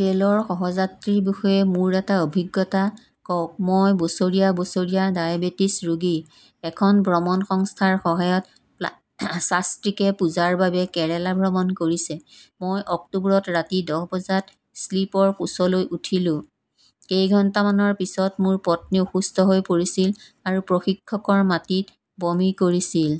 ৰেলৰ সহ-যাত্ৰীৰ বিষয়ে মোৰ এটা অভিজ্ঞতা কওক? মই বছৰীয়া-বছৰীয়া ডায়েবেটিছ ৰোগী। এখন ভ্ৰমণ সংস্থাৰ সহায়ত শাস্ত্ৰীকে পূজাৰ বাবে কেৰালা ভ্ৰমণ কৰিছে। মই অক্টোবৰত ৰাতি দহ বজাত স্লিপৰ কোচলৈ উঠিলো। কেইঘণ্টামানৰ পিছত মোৰ পত্নী অসুস্থ হৈ পৰিছিল আৰু প্ৰশিক্ষকৰ মাটিত বমি কৰিছিল।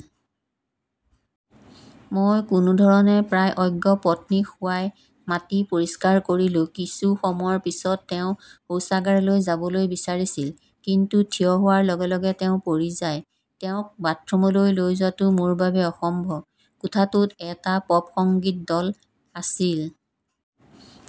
মই কোনো ধৰণে প্ৰায় অজ্ঞ পত্নীক শুৱাই মাটি পৰিষ্কাৰ কৰিলো। কিছু সময়ৰ পিছতে তেওঁ শৌচাগাৰলৈ যাবলৈ বিচাৰিছিল। কিন্তু থিয় হোৱাৰ লগে-লগে তেওঁ পৰি যায়। তেওঁক বাথৰুমলৈ লৈ যোৱাটো মোৰ বাবে অসম্ভৱ। কোঠাটোত এটা পপ-সংগীত দল আছিল।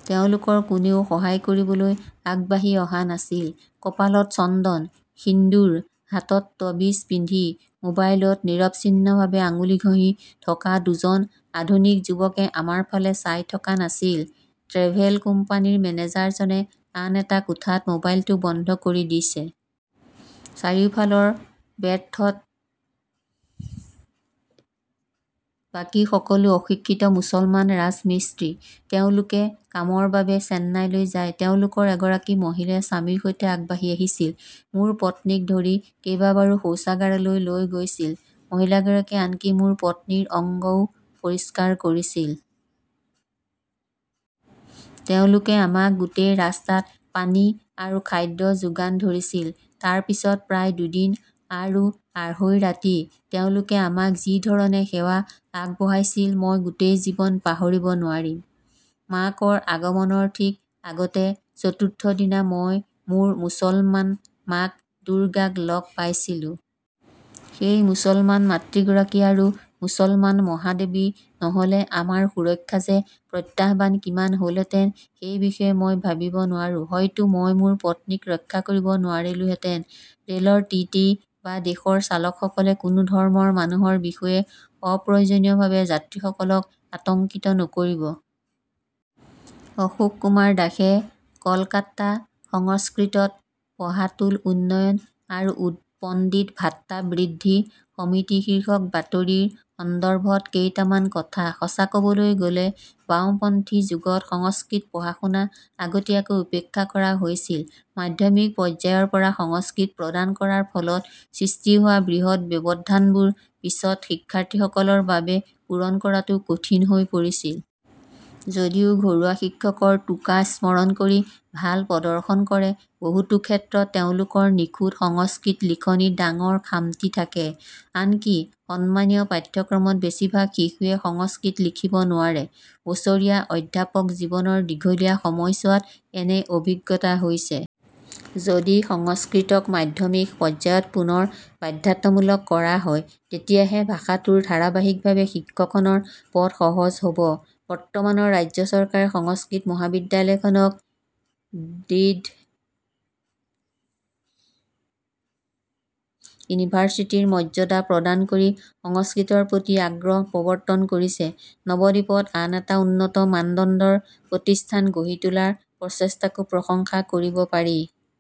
তেওঁলোকৰ কোনেও সহায় কৰিবলৈ আগবাঢ়ি অহা নাছিল। কপালত চন্দন, সিন্দুৰ, হাতত তাবীজ পিন্ধি, মোবাইলত নিৰবিচ্ছিন্নভাৱে আঙুলি ঘঁহি থকা দুজন আধুনিক যুৱকে আমাৰ ফালে চাই থকা নাছিল। ট্ৰেভেল কোম্পানীৰ মেনেজাৰজনে আন এটা কোঠাত মোবাইলটো বন্ধ কৰি দিছে। চাৰিওফালৰ বাৰ্থত বাকী সকলো অশিক্ষিত মুছলমান ৰাজমিস্ত্ৰী। তেওঁলোকে কামৰ বাবে চেন্নাইলৈ যায়। তেওঁলোকৰ এগৰাকী মহিলাই স্বামীৰ সৈতে আগবাঢ়ি আহিছিল, মোৰ পত্নীক ধৰি কেইবাবাৰো শৌচাগাৰলৈ লৈ গৈছিল। মহিলাগৰাকীয়ে আনকি মোৰ পত্নীৰ অংগও পৰিষ্কাৰ কৰিছিল। তেওঁলোকে আমাক গোটেই ৰাস্তাত পানী আৰু খাদ্য যোগান ধৰিছিল। তাৰ পিছত প্ৰায় দুদিন আৰু আঢ়ৈ ৰাতি তেওঁলোকে আমাক যি ধৰণে সেৱা আগবঢ়াইছিল মই গোটেই জীৱন পাহৰিব নোৱাৰিম। মাকৰ আগমনৰ ঠিক আগতে চতুৰ্থ দিনা মই মোৰ মুছলমান মাক দুৰ্গাক লগ পাইছিলো। সেই মুছলমান মাতৃগৰাকী আৰু মুছলমান মহাদেৱা নহলে আমাৰ সুৰক্ষা মে প্ৰত্যাহ্বান কিমান হলহেঁতেন সেই বিষয়ে মই ভাবিব নোৱাৰো। হয়তো মই মোৰ পত্নীক ৰক্ষা কৰিব নোৱাৰিলোহেঁতেন। ৰেলৰ টি. টি. ই. বা দেশৰ চালকসকলে কোনো ধৰ্মৰ মানুহৰ বিষয়ে অপ্ৰয়োজনীয়ভাৱে যাত্ৰীসকলক আতংকিত নকৰিব। অশোক কুমাৰ দাসে কলকাতা- সংস্কৃতত পঢ়াটোল উন্নয়ন আৰু পণ্ডিত-ভাত্তা বৃদ্ধি সমিতি শীৰ্ষক বাতৰিৰ সন্দৰ্ভত কেইটামান কথা। সঁচা কবলৈ গলে, বাওঁপন্থী যুগত সংস্কৃত পঢ়া-শুনা আগতীয়াকৈ উপেক্ষা কৰা হৈছিল। মাধ্যমিক পৰ্যায়ৰ পৰা সংস্কৃত প্ৰদান কৰাৰ ফলত সৃষ্টি হোৱা বৃহৎ ব্যৱধানবোৰ পিছত শিক্ষাৰ্থীসকলৰ বাবে পূৰণ কৰাটো কঠিন হৈ পৰিছিল। যদিও ঘৰুৱা শিক্ষকৰ 'টোকা' স্মৰণ কৰি ভাল প্ৰদৰ্শন কৰে, বহুতো ক্ষেত্ৰত তেওঁলোকৰ নিখুঁত সংস্কৃত লিখনিত ডাঙৰ খামতি থাকে। আনকি সন্মানীয় পাঠ্যক্ৰমত বেছিভাগ শিশুৱে সংস্কৃত লিখিব নোৱাৰে। বছৰীয়া অধ্যাপক জীৱনৰ দীঘলীয়া সময়ছোৱাত এনে অভিজ্ঞতা হৈছে। যদি সংস্কৃতক মাধ্যমিক পৰ্যায়ত পুনৰ বাধ্যতামূলক কৰা হয়, তেতিয়াহে ভাষাটোৰ ধাৰাবাহিকভাৱে শিক্ষণৰ পথ সহজ হ 'ব। বৰ্তমানৰ ৰাজ্য চৰকাৰে সংস্কৃত মহাবিদ্যালয়খনক ডিম্ড ইউনিভাৰ্চিটিৰ মৰ্যাদা প্ৰদান কৰি সংস্কৃতৰ প্ৰতি আগ্ৰহ প্ৰৱৰ্তন কৰিছে। নৱদ্বীপত আন এটা উন্নত মানদণ্ডৰ প্ৰতিষ্ঠান গঢ়ি তোলাৰ প্ৰচেষ্টাকো প্ৰশংসা কৰিব পাৰি।